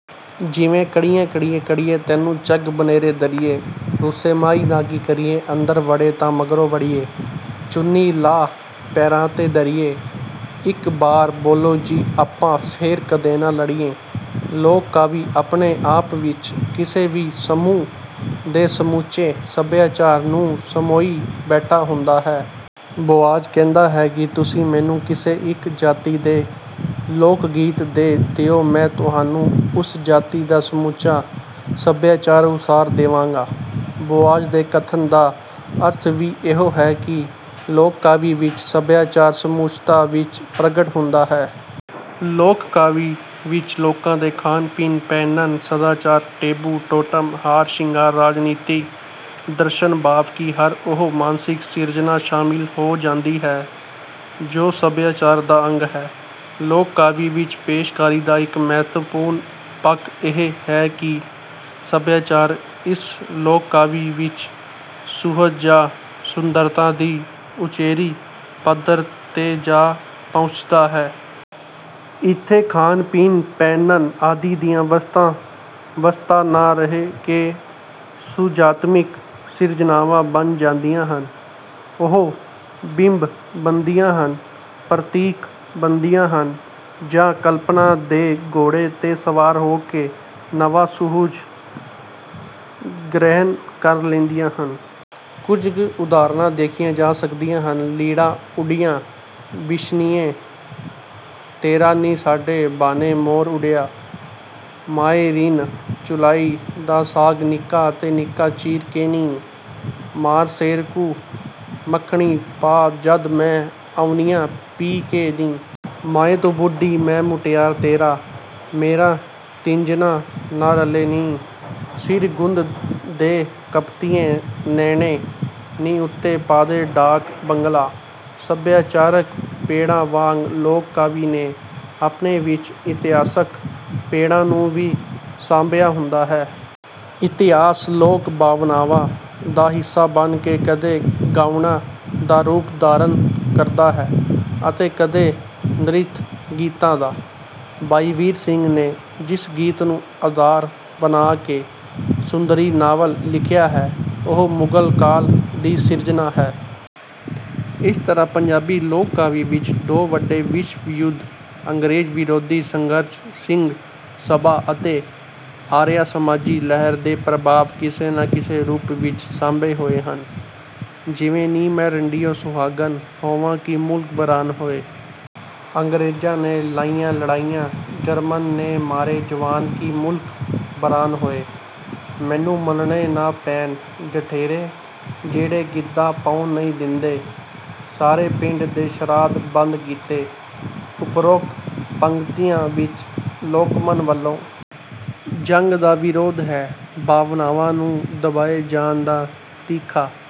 ਜਿਵੇਂ ਕੜ੍ਹੀਏ ਕੜ੍ਹੀਏ ਕੜ੍ਹੀਏ ਤੈਨੂੰ ਚੱਕ ਬਨੇਰੇ ਧਰੀਏ ਰੁੱਸੇ ਮਾਹੀ ਦਾ ਕੀ ਕਰੀਏ ਅੰਦਰ ਵੜੇ ਤਾਂ ਮਗਰੇ ਵੜੀਏ ਚੁੰਨੀ ਲਾਹ ਪੈਰਾਂ ਤੇ ਧਰੀਏ ਇੱਕ ਬਾਰ ਬੋਲੋ ਜੀ ਆਪਾਂ ਫੇਰ ਕਦੇ ਨਾ ਲੜੀਏ। ਲੋਕ ਕਾਵਿ ਆਪਣੇ ਆਪ ਵਿੱਚ ਕਿਸੇ ਵੀ ਸਮੂਹ ਦੇ ਸਮੁੱਚੇ ਸਭਿਆਚਾਰ ਨੂੰ ਸਮੋਈ ਬੈਠਾ ਹੁੰਦਾ ਹੈ। ਬੋਆਜ ਕਹਿੰਦਾ ਹੈ ਕਿ ਤੁਸੀਂ ਮੈਨੂੰ ਕਿਸੇ ਇੱਕ ਜਾਤੀ ਦੇ ਲੋਕਗੀਤ ਦੇ ਦਿਉ ਮੈਂ ਤੁਹਾਨੂੰ ਉਸ ਜਾਤੀ ਦਾ ਸਮੁੱਚਾ ਸਭਿਆਚਾਰ ਉਸਾਰ ਦੇਵਾਂਗਾ। ਬੋਆਜ਼ ਦੇ ਕਥਨ ਦਾ ਅਰਥ ਵੀ ਇਹੋ ਹੈ ਕਿ ਲੋਕ ਕਾਵਿ ਵਿੱਚ ਸਭਿਆਚਾਰ ਸਮੁੱਚਤਾ ਵਿੱਚ ਪ੍ਰਗਟ ਹੁੰਦਾ ਹੈ। ਲੋਕ ਕਾਵਿ ਵਿੱਚ ਲੋਕਾਂ ਦੇ ਖਾਣ ਪੀਣ, ਪਹਿਨਣ, ਸਦਾਚਾਰ, ਟੈਬੂ, ਟੋਟਮ, ਹਾਰ ਸ਼ਿੰਗਾਰ, ਰਾਜਨੀਤੀ, ਦਰਸ਼ਨ ਭਾਵ ਕਿ ਹਰ ਉਹ ਮਾਨਸਿਕ ਸਿਰਜਣਾ ਸ਼ਾਮਿਲ ਹੋ ਜਾਂਦੀ ਹੈ ਜੋ ਸਭਿਆਚਾਰ ਦਾ ਅੰਗ ਹੈ। ਲੋਕ ਕਾਵਿ ਵਿੱਚ ਪੇਸ਼ਕਾਰੀ ਦਾ ਇੱਕ ਮਹੱਤਵਪੂਰਣ ਪੱਖ ਇਹ ਹੈ ਕਿ ਸਭਿਆਚਾਰ ਇਸ ਲੋਕ ਕਾਵਿ ਵਿੱਚ ਸੁਹਜ ਜਾਂ ਸੁੰਦਰਤਾ ਦੀ ਉਚੇਰੀ ਪੱਧਰ ਤੇ ਜਾ ਪਹੁੰਚਦਾ ਹੈ। ਇਥੇ ਖਾਣ, ਪੀਣ, ਪਹਿਨਣ ਆਦਿ ਦੀਆਂ ਵਸਤਾਂ, ਵਸਤਾਂ ਨਾ ਰਹਿ ਕੇ ਸੁਹਜਾਤਮਿਕ ਸਿਰਜਣਾਵਾਂ ਬਣ ਜਾਂਦੀਆਂ ਹਨ। ਉਹ ਬਿੰਬ ਬਣਦੀਆਂ ਹਨ, ਪ੍ਰਤੀਕ ਬਣਦੀਆਂ ਹਨ ਜਾਂ ਕਲਪਣਾ ਦੇ ਘੋੜੇ ਤੇ ਸਵਾਰ ਹੋ ਕੇ ਨਵਾਂ ਸੁਹਜ ਗ੍ਰਹਿਣ ਕਰ ਲੈਂਦੀਆਂ ਹਨ। ਕੁਝ ਕੁ ਉਦਾਹਰਣਾਂ ਦੇਖੀਆਂ ਜਾ ਸਕਦੀਆਂ ਹਨ। ਲੀੜਾ ਉੱਡਿਆ ਬਿਸ਼ਨੀਏਂ ਤੇਰਾ ਨੀ ਸਾਡੇ ਭਾਣੇ ਮੋਰ ਉੱਡਿਆ। ਮਾਏ ਰਿੰਨ੍ਹ ਚੁਲ਼ਾਈ ਦਾ ਸਾਗ ਨਿੱਕਾ ਅਤੇ ਨਿੱਕਾ ਚੀਰ ਕੇ ਨੀ। ਮਾਏ ਸੇਰ ਕੁ ਮਖਣੀ ਪਾ ਜਦ ਮੈਂ ਆਉਂਨੀਆ ਪੀਹ ਕੇ ਨੀ। ਮਾਏ ਤੂੰ ਬੁੱਢੀ ਮੈਂ ਮੁਟਿਆਰ ਤੇਰਾ ਮੇਰਾ ਤਿੰਜਣਾਂ ਨਾ ਰਲ਼ੇ ਨੀ। ਸਿਰ ਗੁੰਦ ਦੇ ਕਪੱਤੀਏ ਨੈਣੇ ਨੀ ਉੱਤੇ ਪਾਦੇ ਡਾਕ ਬੰਗਲਾ। ਸਭਿਆਚਾਰਕ ਪੈੜ੍ਹਾਂ ਵਾਂਗ ਲੋਕ ਕਾਵਿ ਨੇ ਆਪਣੇ ਵਿੱਚ ਇਤਿਹਾਸਕ ਪੈੜਾਂ ਨੂੰ ਵੀ ਸਾਂਭਿਆ ਹੁੰਦਾ ਹੈ। ਇਤਿਹਾਸ ਲੋਕ ਭਾਵਨਾਵਾਂ ਦਾ ਹਿੱਸਾ ਬਣ ਕੇ ਕਦੇ ਗਾਉਣਾਂ ਦਾ ਰੂਪ ਧਾਰਣ ਕਰਦਾ ਹੈ ਅਤੇ ਕਦੇ ਨ੍ਰਿਤ ਗੀਤਾਂ ਦਾ। ਭਾਈ ਵੀਰ ਸਿੰਘ ਨੇ ਜਿਸ ਗੀਤ ਨੂੰ ਆਧਾਰ ਬਣਾ ਕੇ ਸੁੰਦਰੀ ਨਾਵਲ ਲਿਖਿਆ ਹੈ ਉਹ ਮੁਗਲ ਕਾਲ ਦੀ ਸਿਰਜਣਾ ਹੈ। ਇਸੇ ਤਰ੍ਹਾਂ ਪੰਜਾਬੀ ਲੋਕ ਕਾਵਿ ਵਿੱਚ ਦੋ ਵੱਡੇ ਵਿਸ਼ਵ ਯੁੱਧ, ਅੰਗਰੇਜ਼ ਵਿਰੋਧੀ ਸੰਘਰਸ਼, ਸਿੰਘ ਸਭਾ ਅਤੇ ਆਰੀਆ ਸਮਾਜੀ ਲਹਿਰ ਦੇ ਪ੍ਰਭਾਵ ਕਿਸੇ ਨਾ ਕਿਸੇ ਰੂਪ ਵਿੱਚ ਸਾਂਭੇ ਹੋਏ ਹਨ। ਜਿਵੇਂ, ਨੀ ਮੈਂ ਰੰਡੀਉਂ ਸੁਹਾਗਣ ਹੋਵਾਂ ਕਿ ਮੁਲਕ ਬਰਾਨ ਹੋਏ। ਅੰਗ੍ਰੇਜਾਂ ਨੇ ਲਾਈਆਂ ਲੜਾਈਆਂ ਜਰਮਨ ਨੇ ਮਾਰੇ ਜਵਾਨ ਕਿ ਮੁਲਕ ਬਰਾਨ ਹੋਏ। ਮੈਨੂੰ ਮੰਨਣੇ ਨਾ ਪੈਣ ਜਠੇਰੇ। ਜਿਹੜੇ ਗਿੱਧਾ ਪਾਉਣ ਨਹੀਂ ਦਿੰਦੇ। ਸਾਰੇ ਪਿੰਡ ਦੇ ਸ਼ਰਾਧ ਬੰਦ ਕੀਤੇ। ਉਪਰੋਕਤ ਪੰਗਤੀਆਂ ਵਿੱਚ ਲੋਕਮਨ ਵਲੋਂ ਜੰਗ ਦਾ ਵਿਰੋਧ ਹੈ, ਭਾਵਨਾਵਾਂ ਨੂੰ ਦਬਾਏ ਜਾਣ ਦਾ ਤਿੱਖਾ